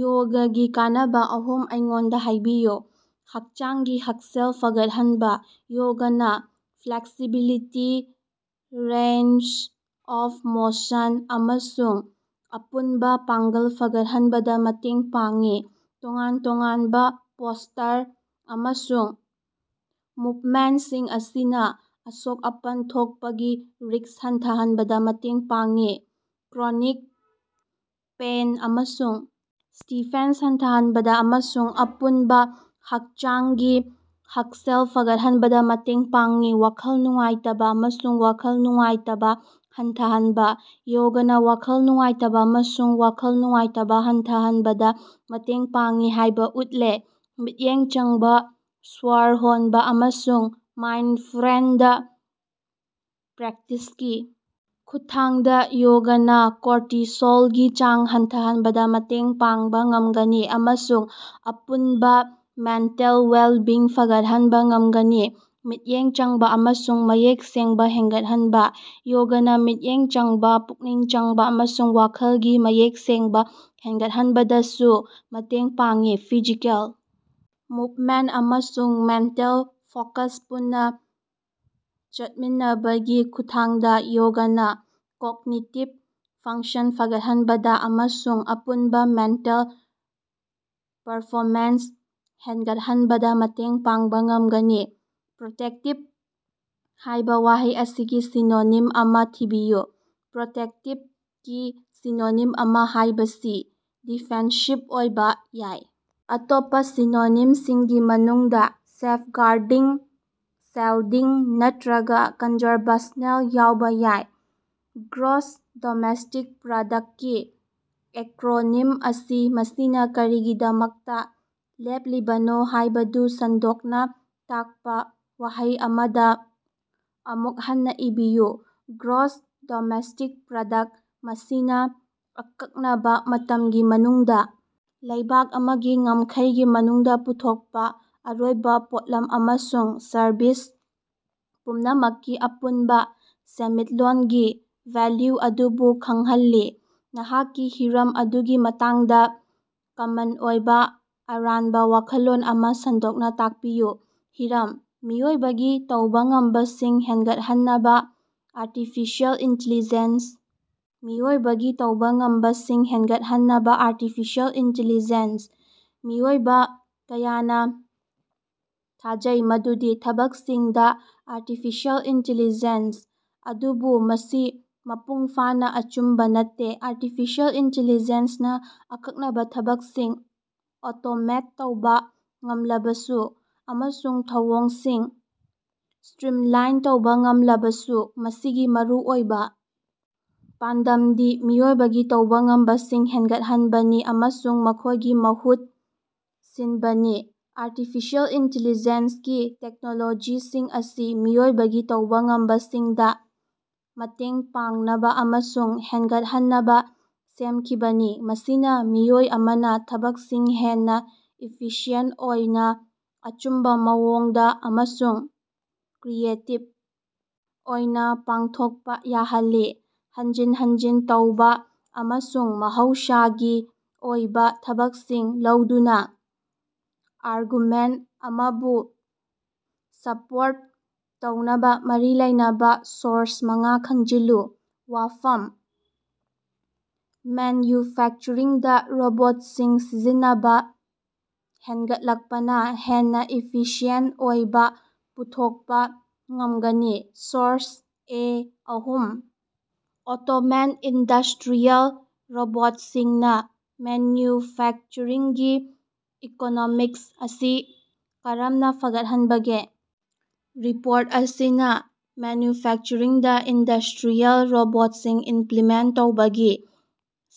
ꯌꯣꯒꯒꯤ ꯀꯥꯟꯅꯕ ꯑꯍꯨꯝ ꯑꯩꯉꯣꯟꯗ ꯍꯥꯏꯕꯤꯌꯨ꯫ ꯍꯛꯆꯥꯡꯒꯤ ꯍꯛꯁꯦꯜ ꯐꯒꯠꯍꯟꯕ: ꯌꯣꯒꯅ ꯐ꯭ꯂꯦꯛꯁꯤꯕꯤꯂꯤꯇꯤ, ꯔꯦꯟꯖ ꯑꯣꯐ ꯃꯣꯁꯟ, ꯑꯃꯁꯨꯡ ꯑꯄꯨꯟꯕ ꯄꯥꯡꯒꯜ ꯐꯒꯠꯍꯟꯕꯗ ꯃꯇꯦꯡ ꯄꯥꯡꯏ꯫ ꯇꯣꯉꯥꯟ-ꯇꯣꯉꯥꯟꯕ ꯄꯣꯁꯇꯔ ꯑꯃꯁꯨꯡ ꯃꯨꯚꯃꯦꯟꯠꯁꯤꯡ ꯑꯁꯤꯅ ꯑꯁꯣꯛ-ꯑꯄꯟ ꯊꯣꯛꯄꯒꯤ ꯔꯤꯛꯁ ꯍꯟꯊꯍꯟꯕꯗ ꯃꯇꯦꯡ ꯄꯥꯡꯏ, ꯀ꯭ꯔꯣꯅꯤꯛ ꯄꯦꯏꯟ ꯑꯃꯁꯨꯡ ꯁ꯭ꯇꯤꯐꯦꯟꯁ ꯍꯟꯊꯍꯟꯕꯗ ꯑꯃꯁꯨꯡ ꯑꯄꯨꯟꯕ ꯍꯛꯆꯥꯡꯒꯤ ꯍꯛꯁꯦꯜ ꯐꯒꯠꯍꯟꯕꯗ ꯃꯇꯦꯡ ꯄꯥꯡꯏ꯫ ꯋꯥꯈꯜ ꯅꯨꯡꯉꯥꯏꯇꯕ ꯑꯃꯁꯨꯡ ꯋꯥꯈꯜ ꯅꯨꯡꯉꯥꯏꯇꯕ ꯍꯟꯊꯍꯟꯕ: ꯌꯣꯒꯅ ꯋꯥꯈꯜ ꯅꯨꯡꯉꯥꯏꯇꯕ ꯑꯃꯁꯨꯡ ꯋꯥꯈꯜ ꯅꯨꯡꯉꯥꯏꯇꯕ ꯍꯟꯊꯍꯟꯕꯗ ꯃꯇꯦꯡ ꯄꯥꯡꯏ ꯍꯥꯏꯕ ꯎꯠꯂꯦ꯫ ꯃꯤꯠꯌꯦꯡ ꯆꯪꯕ ꯁ꯭ꯋꯔ ꯍꯣꯟꯕ ꯑꯃꯁꯨꯡ ꯃꯥꯏꯟꯗꯐ꯭ꯔꯦꯟꯗ ꯄ꯭ꯔꯦꯛꯇꯤꯁꯀꯤ ꯈꯨꯠꯊꯥꯡꯗ ꯌꯣꯒꯅ ꯀꯣꯔꯇꯤꯁꯣꯜꯒꯤ ꯆꯥꯡ ꯍꯟꯊꯍꯟꯕꯗ ꯃꯇꯦꯡ ꯄꯥꯡꯕ ꯉꯝꯒꯅꯤ ꯑꯃꯁꯨꯡ ꯑꯄꯨꯟꯕ ꯃꯦꯟꯇꯦꯜ ꯋꯦꯜꯕꯤꯡ ꯐꯒꯠꯍꯟꯕ ꯉꯝꯒꯅꯤ꯫ ꯃꯤꯠꯌꯦꯡ ꯆꯪꯕ ꯑꯃꯁꯨꯡ ꯃꯌꯦꯛ ꯁꯦꯡꯕ ꯍꯦꯟꯒꯠꯍꯟꯕ: ꯌꯣꯒꯅ ꯃꯤꯠꯌꯦꯡ ꯆꯪꯕ, ꯄꯨꯛꯅꯤꯡ ꯆꯪꯕ ꯑꯃꯁꯨꯡ ꯋꯥꯈꯜꯒꯤ ꯃꯌꯦꯛ ꯁꯦꯡꯕ ꯍꯦꯟꯒꯠꯍꯟꯕꯗꯁꯨ ꯃꯇꯦꯡ ꯄꯥꯡꯏ꯫ ꯐꯤꯖꯤꯀꯦꯜ ꯃꯨꯚꯃꯦꯟꯠ ꯑꯃꯁꯨꯡ ꯃꯦꯟꯇꯦꯜ ꯐꯣꯀꯁ ꯄꯨꯟꯅ ꯆꯠꯃꯤꯟꯅꯕꯒꯤ ꯈꯨꯠꯊꯥꯡꯗ ꯌꯣꯒꯅ ꯀꯣꯒꯅꯤꯇꯤꯕ ꯐꯪꯁꯟ ꯐꯒꯠꯍꯟꯕꯗ ꯑꯃꯁꯨꯡ ꯑꯄꯨꯟꯕ ꯃꯦꯟꯇꯦꯜ ꯄꯔꯐꯣꯃꯦꯟꯁ ꯍꯦꯟꯒꯠꯍꯟꯕꯗ ꯃꯇꯦꯡ ꯄꯥꯡꯕ ꯉꯝꯒꯅꯤ꯫ "ꯄ꯭ꯔꯣꯇꯦꯛꯇꯤꯕ" ꯍꯥꯏꯕ ꯋꯥꯍꯩ ꯑꯁꯤꯒꯤ ꯁꯤꯅꯣꯅꯤꯝ ꯑꯃ ꯊꯤꯕꯤꯌꯨ꯫ ꯄ꯭ꯔꯣꯇꯦꯛꯇꯤꯚꯀꯤ ꯁꯤꯅꯣꯅꯤꯝ ꯑꯃ ꯍꯥꯏꯕꯁꯤ "ꯗꯤꯐꯦꯟꯁꯤꯚ" ꯑꯣꯏꯕ ꯌꯥꯏ꯫ ꯑꯇꯣꯞꯄ ꯁꯤꯅꯣꯅꯤꯝꯁꯤꯡꯒꯤ ꯃꯅꯨꯡꯗ ꯁꯦꯐꯒꯥꯔꯗꯤꯡ, ꯁꯤꯜꯗꯤꯡ, ꯅꯠꯇ꯭ꯔꯒ ꯀꯟꯖꯥꯔꯕꯁꯅꯦꯜ ꯌꯥꯎꯕ ꯌꯥꯏ꯫ ꯒ꯭ꯔꯣꯁ ꯗꯣꯃꯦꯁꯇꯤꯛ ꯄ꯭ꯔꯗꯛ ꯀꯤ ꯑꯦꯀ꯭ꯔꯣꯅꯤꯝ ꯑꯁꯤ ꯃꯁꯤꯅ ꯀꯔꯤꯒꯤꯗꯃꯛꯇ ꯂꯦꯞꯂꯤꯕꯅꯣ ꯍꯥꯏꯕꯗꯨ ꯁꯟꯗꯣꯛꯅ ꯇꯥꯛꯄ ꯋꯥꯍꯩ ꯑꯃꯗ ꯑꯃꯨꯛ ꯍꯟꯅ ꯏꯕꯤꯌꯨ꯫ ꯒ꯭ꯔꯣꯁ ꯗꯣꯃꯦꯁꯇꯤꯛ ꯄ꯭ꯔꯗꯛ ꯃꯁꯤꯅ ꯑꯀꯛꯅꯕ ꯃꯇꯝꯒꯤ ꯃꯅꯨꯡꯗ ꯂꯩꯕꯥꯛ ꯑꯃꯒꯤ ꯉꯝꯈꯩꯒꯤ ꯃꯅꯨꯡꯗ ꯄꯨꯊꯣꯛꯄ ꯑꯔꯣꯏꯕ ꯄꯣꯠꯂꯝ ꯑꯃꯁꯨꯡ ꯁꯔꯕꯤꯁ ꯄꯨꯝꯅꯃꯛꯀꯤ ꯑꯄꯨꯟꯕ ꯁꯦꯟꯃꯤꯠꯂꯣꯟꯒꯤ ꯚꯦꯜꯌꯨ ꯑꯗꯨꯕꯨ ꯈꯪꯍꯜꯂꯤ꯫ ꯅꯍꯥꯛꯀꯤ ꯍꯤꯔꯝ ꯑꯗꯨꯒꯤ ꯃꯇꯥꯡꯗ ꯀꯃꯟ ꯑꯣꯏꯕ ꯑꯔꯥꯟꯕ ꯋꯥꯈꯜꯂꯣꯟ ꯑꯃ ꯁꯟꯗꯣꯛꯅ ꯇꯥꯛꯄꯤꯌꯨ꯫ ꯍꯤꯔꯝ: ꯃꯤꯑꯣꯏꯕꯒꯤ ꯇꯧꯕ ꯉꯝꯕꯁꯤꯡ ꯍꯦꯟꯒꯠꯍꯟꯅꯕ ꯑꯥꯔꯇꯤꯐꯤꯁꯦꯜ ꯏꯟꯇꯤꯂꯤꯖꯦꯟꯠ ꯃꯤꯑꯣꯏꯕꯒꯤ ꯇꯧꯕ ꯉꯝꯕꯁꯤꯡ ꯍꯦꯟꯒꯠꯍꯟꯅꯕ ꯑꯥꯔꯇꯤꯐꯤꯁꯦꯜ ꯏꯟꯇꯤꯂꯤꯖꯦꯟꯁ ꯃꯤꯑꯣꯏꯕ ꯀꯌꯥꯅ ꯊꯥꯖꯩ ꯃꯗꯨꯗꯤ ꯊꯕꯛꯁꯤꯡꯗ ꯑꯥꯔꯇꯤꯐꯤꯁꯦꯜ ꯏꯟꯇꯤꯂꯤꯖꯦꯟꯁ ꯑꯗꯨꯕꯨ ꯃꯁꯤ ꯃꯄꯨꯡ ꯐꯥꯅ ꯑꯆꯨꯝꯕ ꯅꯠꯇꯦ꯫ ꯑꯥꯔꯇꯤꯐꯤꯁꯦꯜ ꯏꯟꯇꯤꯂꯤꯖꯦꯟꯁꯅ ꯑꯀꯛꯅꯕ ꯊꯕꯛꯁꯤꯡ ꯑꯣꯇꯣꯃꯦꯠ ꯇꯧꯕ ꯉꯝꯂꯕꯁꯨ ꯑꯃꯁꯨꯡ ꯊꯧꯑꯣꯡꯁꯤꯡ ꯁ꯭ꯇꯔꯤꯝꯂꯥꯏꯟ ꯇꯧꯕ ꯉꯝꯂꯕꯁꯨ, ꯃꯁꯤꯒꯤ ꯃꯔꯨꯑꯣꯏꯕ ꯄꯥꯟꯗꯝꯗꯤ ꯃꯤꯑꯣꯏꯕꯒꯤ ꯇꯧꯕ ꯉꯝꯕꯁꯤꯡ ꯍꯦꯟꯒꯠꯍꯟꯕꯅꯤ ꯑꯃꯁꯨꯡ ꯃꯈꯣꯏꯒꯤ ꯃꯍꯨꯠ ꯁꯤꯟꯕꯅꯤ꯫ ꯑꯥꯔꯇꯤꯐꯤꯁꯦꯜ ꯏꯟꯇꯤꯂꯤꯖꯦꯟꯠ ꯒꯤ ꯇꯦꯛꯅꯣꯂꯣꯖꯤꯁꯤꯡ ꯑꯁꯤ ꯃꯤꯑꯣꯏꯕꯒꯤ ꯇꯧꯕ ꯉꯝꯕꯁꯤꯡꯗ ꯃꯇꯦꯡ ꯄꯥꯡꯅꯕ ꯑꯃꯁꯨꯡ ꯍꯦꯟꯒꯠꯍꯟꯅꯕ ꯁꯦꯝꯈꯤꯕꯅꯤ, ꯃꯁꯤꯅ ꯃꯤꯑꯣꯏ ꯑꯃꯅ ꯊꯕꯛꯁꯤꯡ ꯍꯦꯟꯅ ꯏꯐꯤꯁꯤꯌꯦꯟꯠ ꯑꯣꯏꯅ, ꯑꯆꯨꯝꯕ ꯃꯑꯣꯡꯗ ꯑꯃꯁꯨꯡ ꯀ꯭ꯔꯤꯌꯦꯇꯤꯕ ꯑꯣꯏꯅ ꯄꯥꯡꯊꯣꯛꯄ ꯌꯥꯍꯜꯂꯤ꯫ ꯍꯟꯖꯤꯟ ꯍꯟꯖꯤꯟ ꯇꯧꯕ ꯑꯃꯁꯨꯡ ꯃꯍꯧꯁꯥꯒꯤ ꯑꯣꯏꯕ ꯊꯕꯛꯁꯤꯡ ꯂꯧꯗꯨꯅ, ꯑꯥꯔꯒꯨꯃꯦꯟꯠ ꯑꯃꯕꯨ ꯁꯄꯣꯔꯠ ꯇꯧꯅꯕ ꯃꯔꯤ ꯂꯩꯅꯕ ꯁꯣꯔꯁ ꯃꯉꯥ ꯈꯣꯝꯖꯤꯜꯂꯨ꯫ ꯋꯥꯐꯝ: ꯃꯦꯟꯌꯨꯐꯦꯛꯆꯔꯤꯡꯗ ꯔꯣꯕꯣꯠꯁꯤꯡ ꯁꯤꯖꯤꯟꯅꯕ ꯍꯦꯟꯒꯠꯂꯛꯄꯅ ꯍꯦꯟꯅ ꯏꯐꯤꯁꯤꯌꯦꯟꯠ ꯑꯣꯏꯕ ꯄꯨꯊꯣꯛꯄ ꯉꯝꯒꯅꯤ꯫ ꯁꯣꯔꯁ: ꯑꯦ ꯑꯍꯨꯝ ꯑꯣꯇꯣꯃꯦꯠꯅ ꯏꯟꯗꯁꯇ꯭ꯔꯤꯌꯦꯜ ꯔꯣꯕꯣꯠꯁꯤꯡꯅ ꯃꯦꯅ꯭ꯌꯨꯐꯦꯛꯆꯔꯤꯡꯒꯤ ꯏꯀꯣꯅꯣꯃꯤꯛꯁ ꯑꯁꯤ ꯀꯔꯝꯅ ꯐꯒꯠꯍꯟꯕꯒꯦ? ꯔꯤꯄꯣꯔꯠ ꯑꯁꯤꯅ ꯃꯦꯅ꯭ꯌꯨꯐꯦꯛꯆꯔꯤꯡꯗ ꯏꯟꯗꯁꯇ꯭ꯔꯤꯌꯦꯜ ꯔꯣꯕꯣꯠꯁꯤꯡ ꯏꯝꯄ꯭ꯂꯤꯃꯦꯟꯠ ꯇꯧꯕꯒꯤ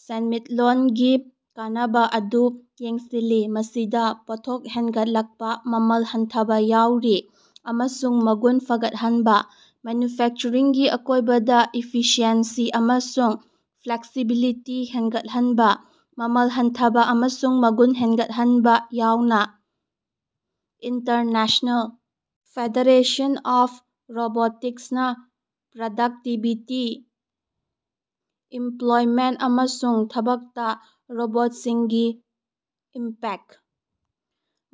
ꯁꯦꯟꯃꯤꯠꯂꯣꯟꯒꯤ ꯀꯥꯟꯅꯕ ꯑꯗꯨ ꯌꯦꯡꯁꯤꯜꯂꯤ, ꯃꯁꯤꯗ ꯄꯣꯠꯊꯣꯛ ꯍꯦꯟꯒꯠꯂꯛꯄ, ꯃꯃꯜ ꯍꯟꯊꯕ ꯌꯥꯎꯔꯤ꯫ ꯑꯃꯁꯨꯡ ꯃꯒꯨꯟ ꯐꯒꯠꯍꯟꯕ꯫ ꯃꯦꯅ꯭ꯌꯨꯐꯦꯛꯆꯔꯤꯡꯒꯤ ꯑꯀꯣꯏꯕꯗ, ꯏꯐꯤꯁꯤꯑꯦꯟꯁꯤ ꯑꯃꯁꯨꯡ ꯐ꯭ꯂꯦꯛꯁꯤꯕꯤꯂꯤꯇꯤ ꯍꯦꯟꯒꯠꯍꯟꯕ, ꯃꯃꯜ ꯍꯟꯊꯕ, ꯑꯃꯁꯨꯡ ꯃꯒꯨꯟ ꯍꯦꯟꯒꯠꯍꯟꯕ ꯌꯥꯎꯅ꯫ ꯏꯟꯇꯔꯅꯦꯁꯅꯦꯜ ꯐꯦꯗꯔꯦꯁꯟ ꯑꯣꯐ ꯔꯣꯕꯣꯇꯤꯛꯁꯅ ꯄ꯭ꯔꯗꯛꯇꯤꯕꯤꯇꯤ, ꯏꯝꯄ꯭ꯂꯣꯏꯃꯦꯟꯠ ꯑꯃꯁꯨꯡ ꯊꯕꯛꯇ ꯔꯣꯕꯣꯠꯁꯤꯡꯒꯤ ꯏꯝꯄꯦꯛ꯫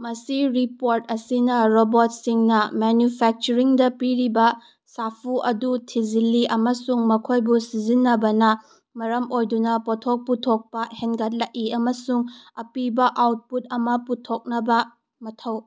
ꯃꯁꯤꯔꯤꯄꯣꯔꯠ ꯑꯁꯤꯅ ꯔꯣꯕꯣꯠꯁꯤꯡꯅ ꯃꯦꯅ꯭ꯌꯨꯐꯦꯛꯆꯔꯤꯡꯗ ꯄꯤꯔꯤꯕ ꯁꯥꯐꯨ ꯑꯗꯨ ꯊꯤꯖꯤꯜꯂꯤ ꯑꯃꯁꯨꯡ ꯃꯈꯣꯏꯕꯨ ꯁꯤꯖꯤꯟꯅꯕꯅ ꯃꯔꯝ ꯑꯣꯏꯗꯨꯅ ꯄꯣꯠꯊꯣꯛ ꯄꯨꯊꯣꯛꯄ ꯍꯦꯟꯒꯠꯂꯛꯏ, ꯑꯃꯁꯨꯡ ꯑꯄꯤꯕ ꯑꯥꯎꯠꯄꯨꯠ ꯑꯃ ꯄꯨꯊꯣꯛꯅꯕ ꯃꯊꯧ꯫